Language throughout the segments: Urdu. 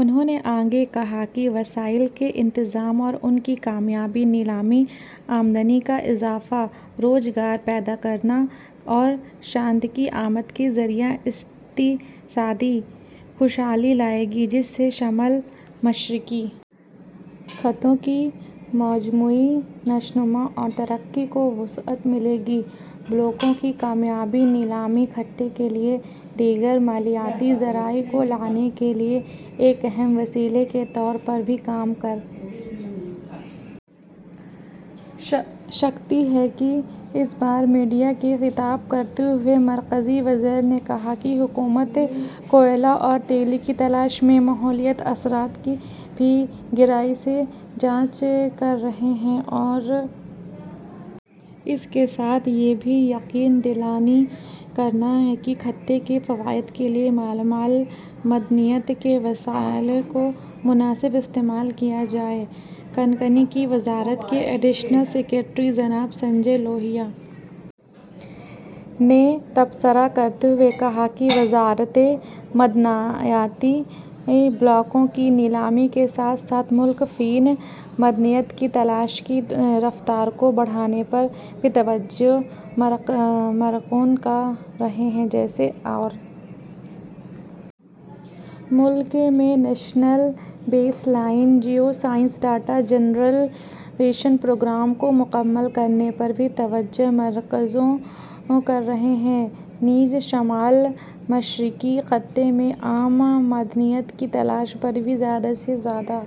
انہوں نے آگے کہا کہ وسائل کا انتظام اور ان کی کامیاب نیلامی آمدنی میں اضافہ روزگار پیدا کرنے اور صنعت کی آمد کے ذریعہ اقتصادی خوشحالی لائے گی جس سے شمال مشرقی خطوں کی مجموعی نشوونما اور ترقی کو وسعت ملے گی بلاکوں کی کامیاب نیلامی خطے کے لیے دیگر مالیاتی ذرائع کو لانے کے لیے ایک اہم وسیلے کے طور پر بھی کام کر سکتی ہے اس کے بعد میڈیا سے خطاب کرتے ہوئے مرکزی وزیر نے کہا کہ حکومت کوئلہ اور تیل کی تلاش کے ماحولیاتی اثرات کی بھی گہرائی سے جانچ کر رہی ہے اور اس کے ساتھ ہی یہ بھی یقین دہانی کرائی کہ خطے کے فوائد کے لیے مالامال معدنیات کے وسائل کا مناسب استعمال کیا جائے کانکنی کی وزارت کے ایڈیشنل سکریٹری جناب سنجے لوہیا نے تبصرہ کرتے ہوئے کہا کہ وزارت معدنیاتی بلاکوں کی نیلامی کے ساتھ ساتھ ملک میں معدنیات کی تلاش کی رفتار کو بڑھانے پر بھی توجہ مرکوز کر رہی ہے جی ایس آئی ملک میں national baseline geoscience data generation programme کو مکمل کرنے پر بھی توجہ مرکوز کر رہا ہے نیز شمال مشرقی خطے میں اہم معدنیات کی تلاش پر بھی زیادہ سے زیادہ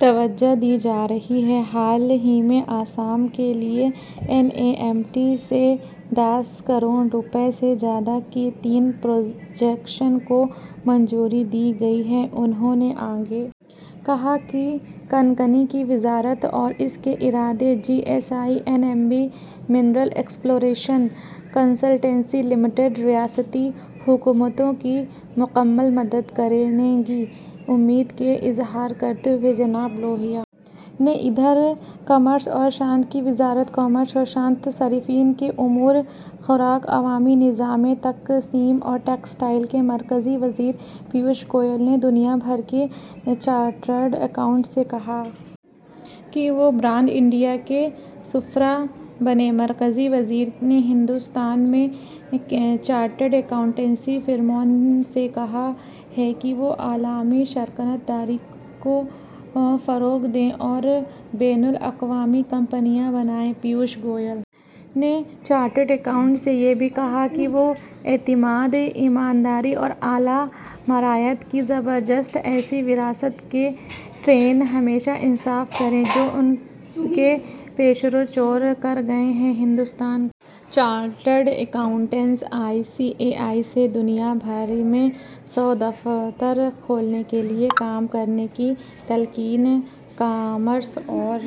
توجہ دی جا رہی ہے حال ہی میں آسام کے لیے N A M E T سے دس کروڑ روپے سے زیادہ کے تین پروجیکٹوں کو منظوری دی گئی ہے انہوں نے آگے کہا کہ کانکنی کی وزارت اور اس کے ادارے G S I I B mineral exploration consultancy limited ریاستی حکومتوں کی مکمل مدد کریں گے اس امید کا اظہار کرتے ہوئے جناب لوہیا نے ادھر کامرس اور صنعت کی وزارت کامرس اور صنعت صارفین کے امور خوراک عوامی نظام تقسیم اور ٹیکسٹائل کے مرکزی وزیر پیوش گوئل نے دنیا بھر کے چارٹرڈ اکاؤنٹنٹس سے کہا ہے کہ وہ برانڈ انڈیا کے سفراء بنیں مرکزی وزیر نے ہندوستان میں چارٹرڈ اکاؤنٹینسی فرموں سے کہا ہے کہ وہ عالمی شراکت داری کو فروغ دیں اور بین الاقوامی کمپنیاں بنیں پیوش گوئل نے چارٹرڈ اکاؤنٹنٹس سے یہ بھی کہا کہ وہ اعتماد ایمانداری اور اعلیٰ معیارات کی زبردست ایسی وراثت کے تئیں ہمیشہ انصاف کریں جو ان کے پیشرو چھوڑ کر گئے ہیں ہندوستان کے chartered accountants I C A I سے دنیا بھر میں سو دفاتر کھولنے کے لیے کام کرنے کی تلقین کامرس اور